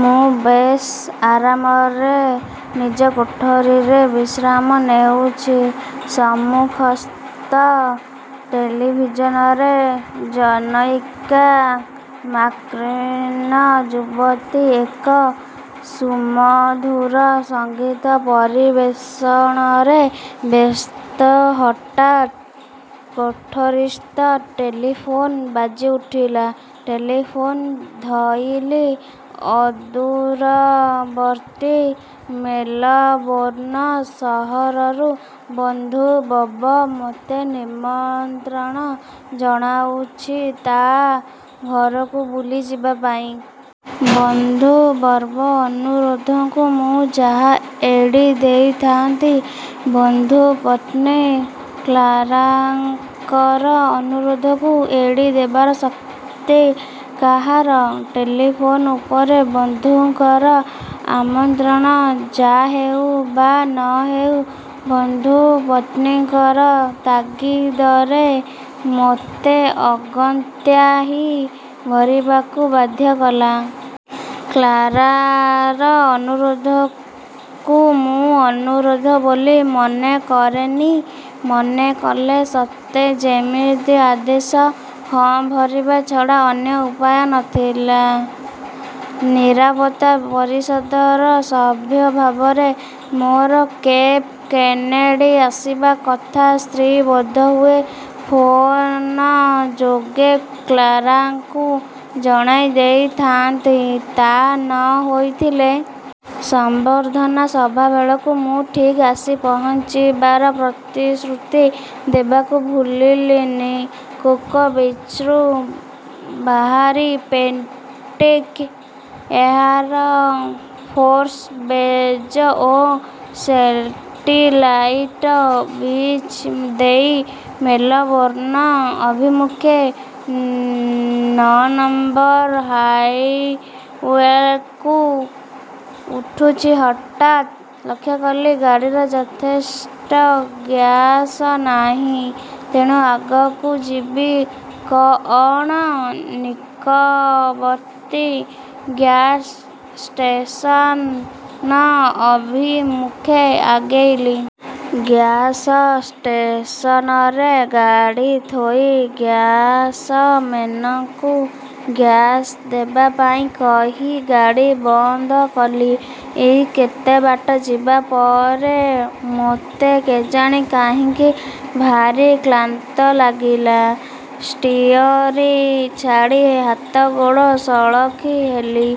ମୁଁ ବେଶ୍ ଆରାମରେ ନିଜ କୋଠରୀରେ ବିଶ୍ରାମ ନେଉଛି ସମ୍ମୁଖସ୍ଥ ଟେଲିଭିଜନରେ ଜନୈକା ମାର୍କିନ ଯୁବତୀ ଏକ ସୁମଧୁର ସଙ୍ଗୀତ ପରିବେଷଣରେ ବ୍ୟସ୍ତ, ହଠାତ୍ କୋଠରୀସ୍ଥ ଟେଲିଫୋନ ବାଜିଉଠିଲା। ଟେଲିଫୋନ ଧଇଲି, ଅଦୂରବର୍ତ୍ତୀ ମେଲବୋର୍ଣ୍ଣ ସହରରୁ ବନ୍ଧୁ ବବ ମୋତେନିମନ୍ତ୍ରଣ ଜଣାଉଛି ତା ଘରକୁ ବୁଲି ଯିବା ପାଇଁ। ବନ୍ଧୁ ବବ୍ର ଅନୁରୋଧକୁ ମୁଁ ଯାହା ଏଡ଼ି ଦେଇଥାନ୍ତି ବନ୍ଧୁ ପତ୍ନୀ କ୍ଳାରାଙ୍କର ଅନୁରୋଧକୁ ଏଡ଼ି ଦେବାର ଶକ୍ତି କାହାର? ଟେଲିଫୋନ ଉପରେ ବନ୍ଧୁଙ୍କର ଆମତ୍ରଣ ଯାହେଉ ବା ନ ହେଉ ବନ୍ଧୁ ପତ୍ନୀଙ୍କର ତାଗି ଦରେ ମୋତେ ଅଗତ୍ୟା ହିଁ ଭରିବାକୁ ବାଧ୍ୟ କଲା। କ୍ଳାରାର ଅନୁରୋଧକୁ ମୁଁ ଅନୁରୋଧ ବୋଲି ମନେକରେନି, ମନେକଲେ ସତେ ଯେମିତି ଆଦେଶ। ହଁ ଭରିବା ଛଡ଼ା ଅନ୍ୟ ଉପାୟ ନ ଥିଲା। ନିରାପତ୍ତା ପରିଷଦର ସଭ୍ୟଭାବରେ ମୋର କେପ୍-କେନେଡ଼ି ଆସିବା କଥା ସ୍ତ୍ରୀ ବୋଧହୁଏ ଫୋନ ଯୋଗେ କ୍ଳାରାକୁ ଜଣାଇ ଦେଇଥାନ୍ତି, ତା ନ ହୋଇଥିଲେ। ସମ୍ବର୍ଦ୍ଧନା ସଭାବେଳକୁ ମୁଁ ଠିକ୍ ଆସି ପହଞ୍ଚିବାର ପ୍ରତିଶ୍ରୁତି ଦେବାକୁ ଭୁଲିଲିନି। କୋକୋ ବିଚ୍ରୁ ବାହାରି ପେଟିକ୍ ଏୟାର ଫୋର୍ସ ବେଜ ଓ ସେଟିଲାଇଟ ବିଚ୍ ଦେଇ ମେଲବୋର୍ଣ୍ଣ ଅଭିମୁଖେ ନଅ ନମ୍ବର ହାଇୱେକୁ ଉଠୁଛି, ହଠାତ୍ ଲକ୍ଷ୍ୟକଲି ଗାଡ଼ିରେ ଯଥେଷ୍ଟ ଗ୍ୟାସ ନାହିଁ। ତେଣୁ ଆଗକୁ ଯିବି କଅଣ ନିକବର୍ତ୍ତୀ ଗ୍ୟାସ୍ ଷ୍ଟେସନ ଅଭିମୁଖେ ଆଗେଇଲି। ଗ୍ୟାସଷ୍ଟେସନରେ ଗାଡ଼ି ଥୋଇ ଗ୍ୟାସମେନକୁ ଗ୍ୟାସ ଦେବା ପାଇଁ କହି ଗାଡ଼ି ବନ୍ଦ କଲି। ଏଇ କେତେ ବାଟ ଯିବା ପରେ ମୋତେ କେଜାଣି କାହିଁକି ଭାରି କ୍ଳାନ୍ତ ଲାଗିଲା। ଷ୍ଟିଅରିଂ ଛାଡ଼ି ହାତଗୋଡ଼ ସଳଖି ହେଲି।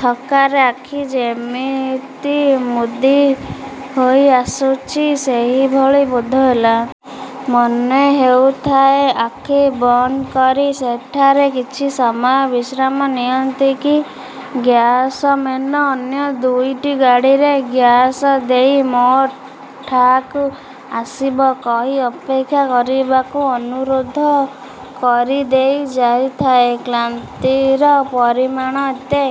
ଥକ୍କାରେ ଆଖି ଯେମିତି ମୁଦି ହୋଇଆସୁଛି ସେହିଭଳି ବୋଧହେଲା । ମନେ ହେଉଥାଏ, ଆଖି ବନ୍ଦ କରି ସେଠାରେ କିଛି ସମୟ ବିଶ୍ରାମ ନିଅନ୍ତି କି। ଗ୍ୟାସମେନ ଅନ୍ୟ ଦୁଇଟି ଗାଡ଼ିରେ ଗ୍ୟାସ ଦେଇ ମୋ'ଠାକୁ ଆସିବ କହି ଅପେକ୍ଷା କରିବାକୁ ଅନୁରୋଧ କରିଦେଇ ଯାଇଥାଏ। କ୍ଳାନ୍ତିର ପରିମାଣ ଏତେ